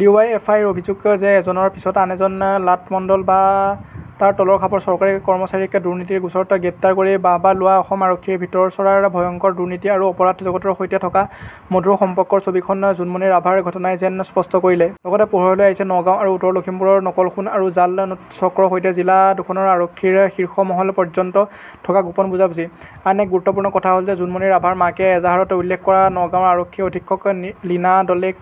D Y F আইৰ অভিযোগ যে এজনৰ পিছত আন এজন লাট মণ্ডল বা তাৰ তলৰ খাপৰ চৰকাৰী কৰ্মচাৰীক দুৰ্নীতিৰ গোচৰত গ্ৰেপ্তাৰ কৰি বাহ বাহ লোৱা অসম আৰক্ষীৰ ভিতৰচৰাৰ ভয়ংকৰ দুৰ্নীতি আৰু অপৰাধ জগতৰ সৈতে থকা মধুৰ সম্পৰ্কৰ ছবিখন জোনমণি ৰাভাৰ ঘটনাই যেন স্পষ্ট কৰিলে। লগতে পোহৰলৈ আহিছে নগাঁও আৰু উত্তৰ লক্ষীমপুৰৰ নকল সোণ আৰু জাল নোট চক্ৰৰ সৈতে জিলা দুখনৰ আৰক্ষীৰ শীৰ্ষ মহল পৰ্যন্ত থকা গোপন বুজাবুজি। আন এক গুৰুত্বপূৰ্ণ কথা হল জোনমণি ৰাভাৰ মাকে এজাহাৰত উল্লেখ কৰা নগাঁৱৰ আৰক্ষী অধীক্ষক লীনা দলেক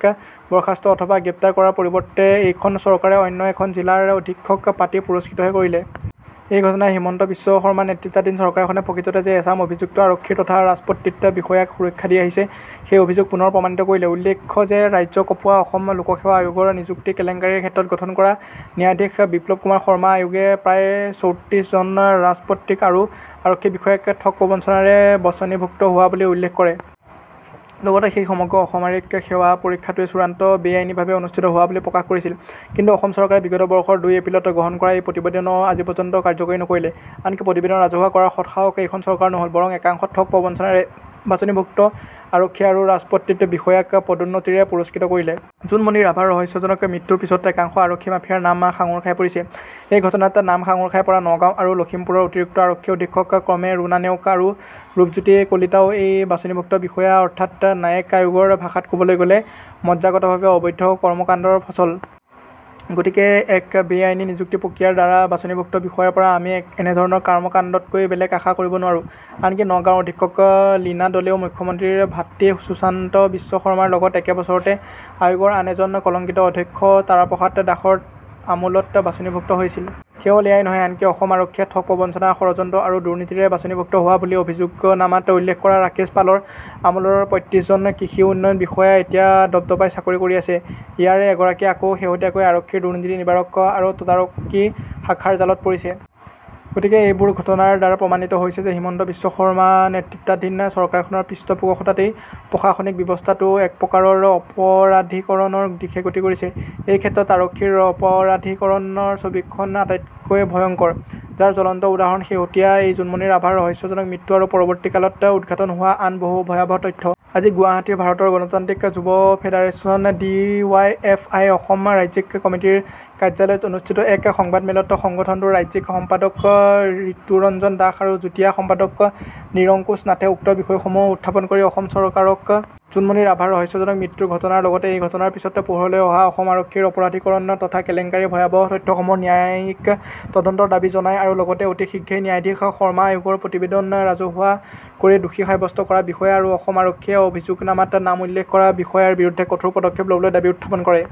বৰ্খাস্ত অথবা গ্ৰেপ্তাৰ কৰাৰ পৰিৱৰ্তে এইখন চৰকাৰে অন্য এখন জিলাৰ অধীক্ষক পাতি পুৰস্কৃতহে কৰিলে। এই ঘটনাই হিমন্ত বিশ্ব শৰ্মা নেতৃত্বাধীন চৰকাৰখনে প্ৰকৃততে যে এচাম অভিযুক্ত আৰক্ষী তথা ৰাজপত্ৰিত বিষয়াক সুৰক্ষা দি আহিছে, সেই অভিযোগ পুনৰ প্ৰমাণিত কৰিলে। উল্লেখ্য যে ৰাজ্য কঁপোৱা অসম লোকসেৱা আয়োগৰ নিযুক্তি কেলেংকাৰীৰ ক্ষেত্ৰত গঠন কৰা ন্যায়াধীশ বিপ্লৱ কুমাৰ শৰ্মা আয়োগে প্ৰায় চৌত্ৰিশ জন ৰাজপত্ৰিত আৰু আৰক্ষী বিষয়াক ঠগ প্ৰবঞ্চনাৰে বাছনিভুক্ত হোৱা বুলি উল্লেখ কৰে। লগতে সেই সমগ্ৰ অসামৰিক সেৱা পৰীক্ষাটোৱেই চূড়ান্ত বেআইনীভাৱে অনুষ্ঠিত হোৱা বুলি প্ৰকাশ কৰিছিল। কিন্তু অসম চৰকাৰে বিগত বৰ্ষৰ দুই এপ্ৰিলত গ্ৰহণ কৰা এই প্ৰতিবেদন আজিপৰ্যন্ত কাৰ্যকৰী নকৰিলে। আনকি প্ৰতিবেদন ৰাজহুৱা কৰাৰ সৎ সাহস এইখন চৰকাৰৰ নহল, বৰং একাংশ ঠগ প্ৰবঞ্চনাৰে বাছনিভুক্ত আৰক্ষী আৰু ৰাজপত্ৰিত বিষয়াক পদোন্নতিৰে পুৰস্কৃত কৰিলে। জোনমণি ৰাভাৰ ৰহস্যজনক মৃত্যুৰ পিছত একাংশ আৰক্ষী মাফিয়াৰ নাম সাঙোৰ খাই পৰিছে। এই ঘটনাত নাম সাঙোৰ খাই পৰা নগাঁও আৰু লক্ষীমপুৰৰ অতিৰিক্ত আৰক্ষী অধীক্ষক ক্ৰমে ৰুণা নেওগ আৰু ৰূপজ্যোতি কলিতাও এই বাছনিভুক্ত বিষয়া, অৰ্থাৎ ন্যায়িক আয়োগৰ ভাষাত কবলৈ গলে মজ্জাগতভাৱে অবৈধ কৰ্মকাণ্ডৰ ফচল। গতিকে এক বেআইনী নিযুক্তি প্ৰক্ৰিয়াৰ দ্বাৰা বাছনিভুক্ত বিষয়াৰ পৰা আমি এনেধৰণৰ কৰ্মকাণ্ডতকৈ বেলেগ আশা কৰিব নোৱাৰো। আনকি নগাঁৱৰ অধীক্ষক লীনা দলেও মুখ্যমন্ত্ৰীৰ ভাতৃ সুশান্ত বিশ্ব শৰ্মাৰ লগত একে বছৰতে আয়োগৰ আন এজন কলংকিত অধ্যক্ষ তাৰাপ্ৰসাদ দাসৰ আমোলত বাছনিভুক্ত হৈছিল। কেৱল এয়াই নহয়, আনকি অসম আৰক্ষীয়ে ঠগ, প্ৰবঞ্চনা, ষড়যন্ত্ৰ আৰু দুৰ্নীতিৰে বাছনিভুক্ত হোৱা বুলি অভিযোগনামাত উল্লেখ কৰা ৰাকেশ পালৰ আমোলৰ পয়ঁত্ৰিশ জন কৃষি উন্নয়ন বিষয়াই এতিয়া দপদপাই চাকৰি কৰি আছে। ইয়াৰে এগৰাকী আকৌ শেহতীয়াকৈ আৰক্ষীৰ দুৰ্নীতি নিবাৰক আৰু তদাৰকী শাখাৰ জালত পৰিছে। গতিকে এইবোৰ ঘটনাৰ দ্বাৰা প্ৰমাণিত হৈছে যে হিমন্ত বিশ্ব শৰ্মা নেতৃত্বাধীন চৰকাৰখনৰ পৃষ্ঠপোষকতাতেই প্ৰশাসনিক ব্যৱস্থাটো একপ্ৰকাৰৰ অপৰাধীকৰণৰ দিশে গতি কৰিছে। এইক্ষেত্ৰত আৰক্ষীৰ অপৰাধীকৰণৰ ছবিখন আটাইতকৈ ভয়ংকৰ, যাৰ জ্বলন্ত উদাহৰণ শেহতীয়া এই জোনমণি ৰাভাৰ ৰহস্যজনক মৃত্যু আৰু পৰৱৰ্তীকালত উদ্ঘাটন হোৱা আন বহু ভয়াবহ তথ্য। আজি গুৱাহাটীৰ ভাৰতৰ গণতান্ত্ৰিক যুৱ federation D Y F I Assam ৰাজ্যিক কমিটিৰ কাৰ্যালয়ত অনুষ্ঠিত এক সংবাদমেলত সংগঠনটোৰ ৰাজ্যিক সম্পাদক ৰিতুৰঞ্জন দাস আৰু যুটীয়া সম্পাদক নিৰংকুশ নাথে উক্ত বিষয়সমূহ উত্থাপন কৰি অসম চৰকাৰক জোনমণি ৰাভাৰ ৰহস্যজনক মৃত্যুৰ ঘটনাৰ লগতে এই ঘটনাৰ পিছত পোহৰলৈ অহা অসম আৰক্ষীৰ অপৰাধীকৰণ তথা কেলেংকাৰীৰ ভয়াবহ তথ্যসমূহৰ ন্যায়িক তদন্তৰ দাবী জনায় আৰু লগতে অতি শীঘ্ৰেই ন্যায়াধীশ শৰ্মা আয়োগৰ প্ৰতিবেদন ৰাজহুৱা কৰি দোষী সাব্যস্ত কৰা বিষয়া আৰু অসম আৰক্ষীয়ে অভিযোগনামাত নাম উল্লেখ কৰা বিষয়াৰ বিৰুদ্ধে কঠোৰ পদক্ষেপ লবলৈ দাবী উত্থাপন কৰে।